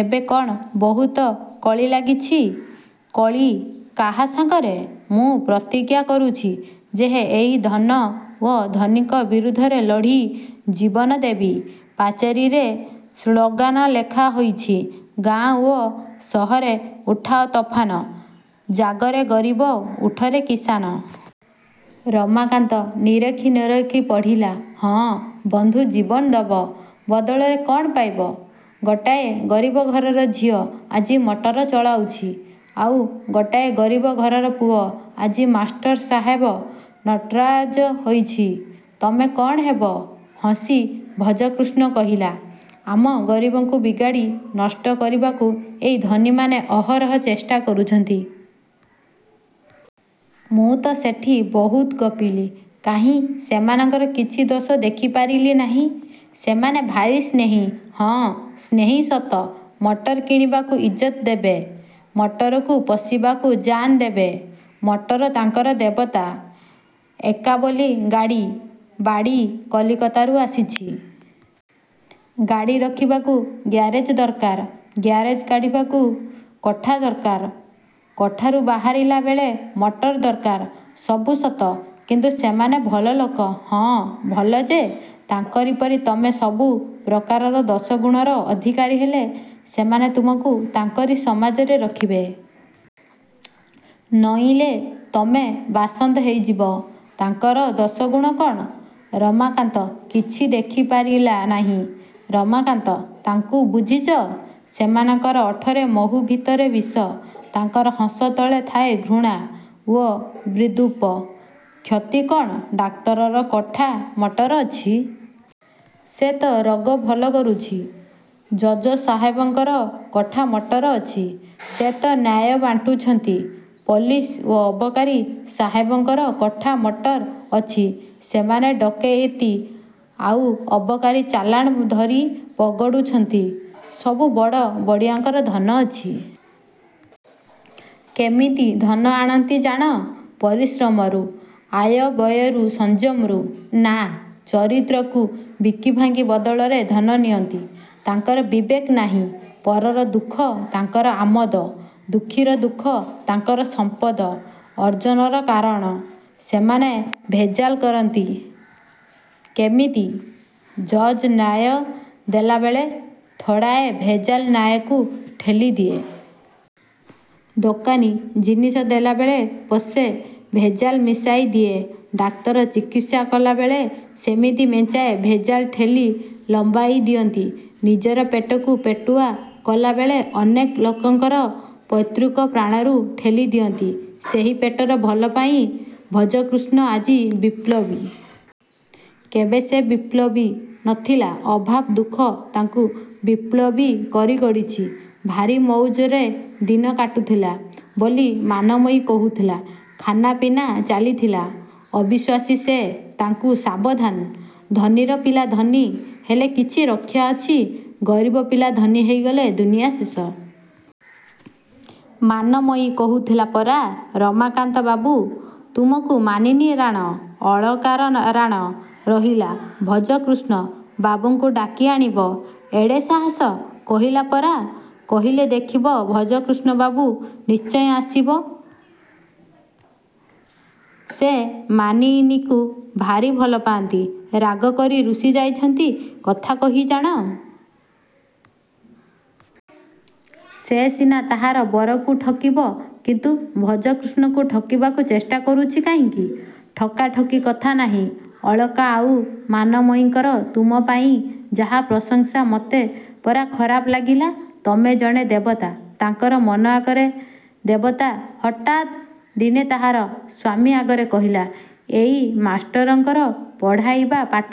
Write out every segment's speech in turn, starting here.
ଏବେ କ'ଣ ବହୁତ କଳି ଲାଗିଛି? -କଳି? କାହା ସାଙ୍ଗରେ? ମୁଁ ପ୍ରତିଜ୍ଞା କରୁଛି ଯେ ଏହି ଧନ ଓ ଧନୀଙ୍କ ବିରୁଦ୍ଧରେ ଲଢ଼ି ଜୀବନ ଦେବି। ପାଚିରୀରେ ସ୍ଳୋଗାନ ଲେଖା ହୋଇଛି। ଗାଁ ଓ ସହରେ ଉଠାଅ ତୋଫାନ। ଜାଗରେ ଗରିବ, ଉଠରେ କିସାନ। ରମାକାନ୍ତ ନିରେଖି ନିରେଖି ପଢ଼ିଲା। ହଁ, ବନ୍ଧୁ ଜୀବନ ଦବ। ବଦଳରେ କ'ଣ ପାଇବ-? ଗୋଟାଏ ଗରିବ ଘରର ଝିଅ ଆଜି ମଟର ଚଳାଉଛି। ଆଉ ଗୋଟାଏ ଗରିବ ଘରର ପୁଅ ଆଜି ମାଷ୍ଟର ସାହେବ ନଟରାଜ ହୋଇଛି, ତମେ କ'ଣ ହେବ? ହସି ଭଜକୃଷ୍ଣ କହିଲା-ଆମ ଗରିବଙ୍କୁ ବିଗାଡ଼ି ନଷ୍ଟ କରିବାକୁ ଏଇ ଧନୀମାନେ ଅହରହ ଚେଷ୍ଟା କରୁଛନ୍ତି। -ମୁଁ ତ ସେଠି ବହୁତ ଗପିଲି। କାହିଁ ସେମାନଙ୍କର କିଛି ଦୋଷ ଦେଖି ପାରିଲି ନାହିଁ। ସେମାନେ ଭାରି ସ୍ନେହୀ। -ହଁ। ସ୍ନେହୀ ସତ। ମଟର କିଣିବାକୁ ଇଜ୍ଜତ ଦେବେ। ମଟରକୁ ପୋଷିବାକୁ ଜାନ୍ ଦେବେ। ମଟର ତାଙ୍କର ଦେବତା। -ଏକା ବୋଲି-ଗାଡ଼ି, ବାଡ଼ି। କଲିକତାରୁ ଆସୁଛି। ଗାଡ଼ି ରଖିବାକୁ ଗାରେଜ ଦରକାର। ଗାରେଜ କାଢ଼ିବାକୁ କୋଠା ଦରକାର। କୋଠାରୁ ବାହାରିଲା ବେଳେ ମଟର ଦରକାର। ସବୁ ସତ କିନ୍ତୁ ସେମାନେ ଭଲ ଲୋକ। -ହଁ, ଭଲ ଯେ। ତାଙ୍କରି ପରି ତମେ ସବୁ ପ୍ରକାରର ଦୋଷଗୁଣର ଅଧିକାରୀ ହେଲେ ସେମାନେ ତୁମକୁ ତାଙ୍କରି ସମାଜରେ ରଖିବେ। ନଇଲେ ତମେ ବାସନ୍ଦ ହେଇଯିବ। -ତାଙ୍କର ଦୋଷଗୁଣ କ'ଣ? -ରମାକାନ୍ତ କିଛି ଦେଖି ପାରିଲା ନାହିଁ। -ରମାକାନ୍ତ, ତାଙ୍କୁ ବୁଝିଛ? ସେମାନଙ୍କର ଓଠରେ ମହୁ ଭିତରେ ବିଷ। ତାଙ୍କର ହସ ତଳେ ଥାଏ ଘୃଣା ଓ ବିଦ୍ରୂପ। -କ୍ଷତି କ'ଣ? ଡାକ୍ତରର କୋଠା ମଟର ଅଛି। ସେ ତ ରୋଗ ଭଲ କରୁଛି। ଜଜ ସାହେବଙ୍କର କୋଠା ମଟର ଅଛି। ସେ ତ ନ୍ୟାୟ ବାଣ୍ଟୁଛନ୍ତି। ପୁଲିସ ଓ ଅବକାରୀ ସାହେବଙ୍କର କୋଠା ମଟର ଅଛି ସେମାନେ ଡକେଇତି ଆଉ ଅବକାରୀ ଚାଲାଣ ଧରି ପଗଡ଼ୁଛନ୍ତି। ସବୁ ବଡ଼ ବଡ଼ିଆଙ୍କର ଧନ ଅଛି। -କେମିତି ଧନ ଆଣନ୍ତି ଜାଣ? -ପରିଶ୍ରମରୁ। ଆୟବ୍ୟୟର ସଂଯମରୁ। -ନା, ଚରିତ୍ରକୁ ବିକିଭାଙ୍ଗି ବଦଳରେ ଧନ ନିଅନ୍ତି। ତାଙ୍କର ବିବେକ ନାହିଁ। ପରର ଦୁଃଖ ତାଙ୍କର ଆମୋଦ-ଦୁଃଖୀର ଦୁଃଖ ତାଙ୍କର ସମ୍ପଦ ଅର୍ଜନର କାରଣ। ସେମାନେ ଭେଜାଲ କରନ୍ତି। -କେମିତି? -ଜଜ୍ ନ୍ୟାୟ ଦେଲାବେଳେ ଥୋଡ଼ାଏ ଭେଜାଲ ନ୍ୟାୟକୁ ଠେଲି ଦିଏ। ଦୋକାନୀ ଜିନିଷ ଦେଲାବେଳେ ପୋଷେ ଭେଜାଲ ମିଶାଇ ଦିଏ। ଡାକ୍ତର ଚିକିତ୍ସା କଲାବେଳେ ସେମିତି ମେଞ୍ଚାଏ ଭେଜାଲ ଠେଲି ଲମ୍ବାଇ ଦିଅନ୍ତି। ନିଜର ପେଟକୁ ପେଟୁଆ କଲାବେଳେ ଅନେକ ଲୋକଙ୍କର ପୈତୃକ ପ୍ରାଣକୁ ଠେଲି ଦିଅନ୍ତି ସେହି ପେଟର ଭଲ ପାଇଁ। -ଭଜକୃଷ୍ଣ ଆଜି ବିପ୍ଳବୀ। -କେବେ ସେ ବିପ୍ଳବୀ ନ ଥିଲା? ଅଭାବ ଦୁଃଖ ତାକୁ ବିପ୍ଳବୀ କରି ଗଢ଼ିଛି। -ଭାରି ମଉଜରେ ଦିନ କାଟୁଥିଲା ବୋଲି ମାନମୟୀ କହୁଥିଲା। ଖାନାପିନା ଚାଲିଥିଲା-। -ଅବିଶ୍ୱାସୀ ସେ। ତା'କୁ ସାବଧାନ। ଧନୀର ପିଲା ଧନୀ ହେଲେ କିଛି ରକ୍ଷା ଅଛି। ଗରିବ ପିଲା ଧନୀ ହେଇଗଲେ ଦୁନିଆ ଶେଷ। -ମାନମୟୀ କହୁଥିଲା ପରା-ରମାକାନ୍ତ ବାବୁ, ତୁମକୁ ମାନିନୀ ରାଣ, ଅଳକାର ରାଣ ରହିଲା-ଭଜକୃଷ୍ଣ ବାବୁଙ୍କୁ ଡାକି ଆଣିବ। -ଏଡ଼େ ସାହସ? -କହିଲା ପରା। କହିଲେ ଦେଖିବ ଭଜକୃଷ୍ଣବାବୁ ନିଶ୍ଚୟ ଆସିବେ। ସେ ମାନିନୀକୁ ଭାରି ଭଲ ପାଆନ୍ତି। ରାଗ କରି ରୁଷି ଯାଇଛନ୍ତି। -କଥା କହି ଜାଣେ। ସେ ସିନା ତାହାର ବରକୁ ଠକିବ, କିନ୍ତୁ ଭଜକୃଷ୍ଣକୁ ଠକିବାକୁ ଚେଷ୍ଟା କରୁଛି କାହିଁକି? -ଠକାଠକି କଥା ନାହିଁ। ଅଳକା ଆଉ ମାନମୟୀଙ୍କର ତୁମ ପାଇଁ ଯାହା ପ୍ରଶଂସା। ମତେ ପରା ଖରାପ ଲାଗିଲା-ତମେ ଜଣେ ଦେବତା ତାଙ୍କର ମନ ଆଗରେ। -ଦେବତା? ହଠାତ୍ ଦିନେ ତାହାର ସ୍ୱାମୀ ଆଗରେ କହିଲା, ଏଇ ମାଷ୍ଟରଙ୍କର ପଢ଼ାଇବା ପାଠ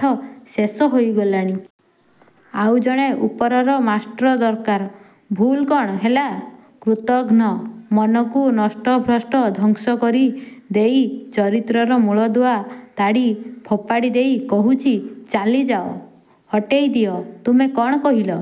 ଶେଷ ହେଇଗଲାଣି। ଆଉ ଜଣେ ଉପରର ମାଷ୍ଟ୍ର ଦରକାର। -ଭୁଲ୍ କ'ଣ ହେଲା? -କୃତଘ୍ନ। ମନକୁ ନଷ୍ଟଭ୍ରଷ୍ଟ ଧ୍ୱଂସ କରି ଦେଇ ଚରିତ୍ରର ମୂଳଦୁଆ ତାଡ଼ି ଫୋପାଡ଼ି ଦେଇ କହୁଛି-ଚାଲିଯାଅ। ହଟେଇ ଦିଅ। -ତୁମେ କ'ଣ କହିଲ?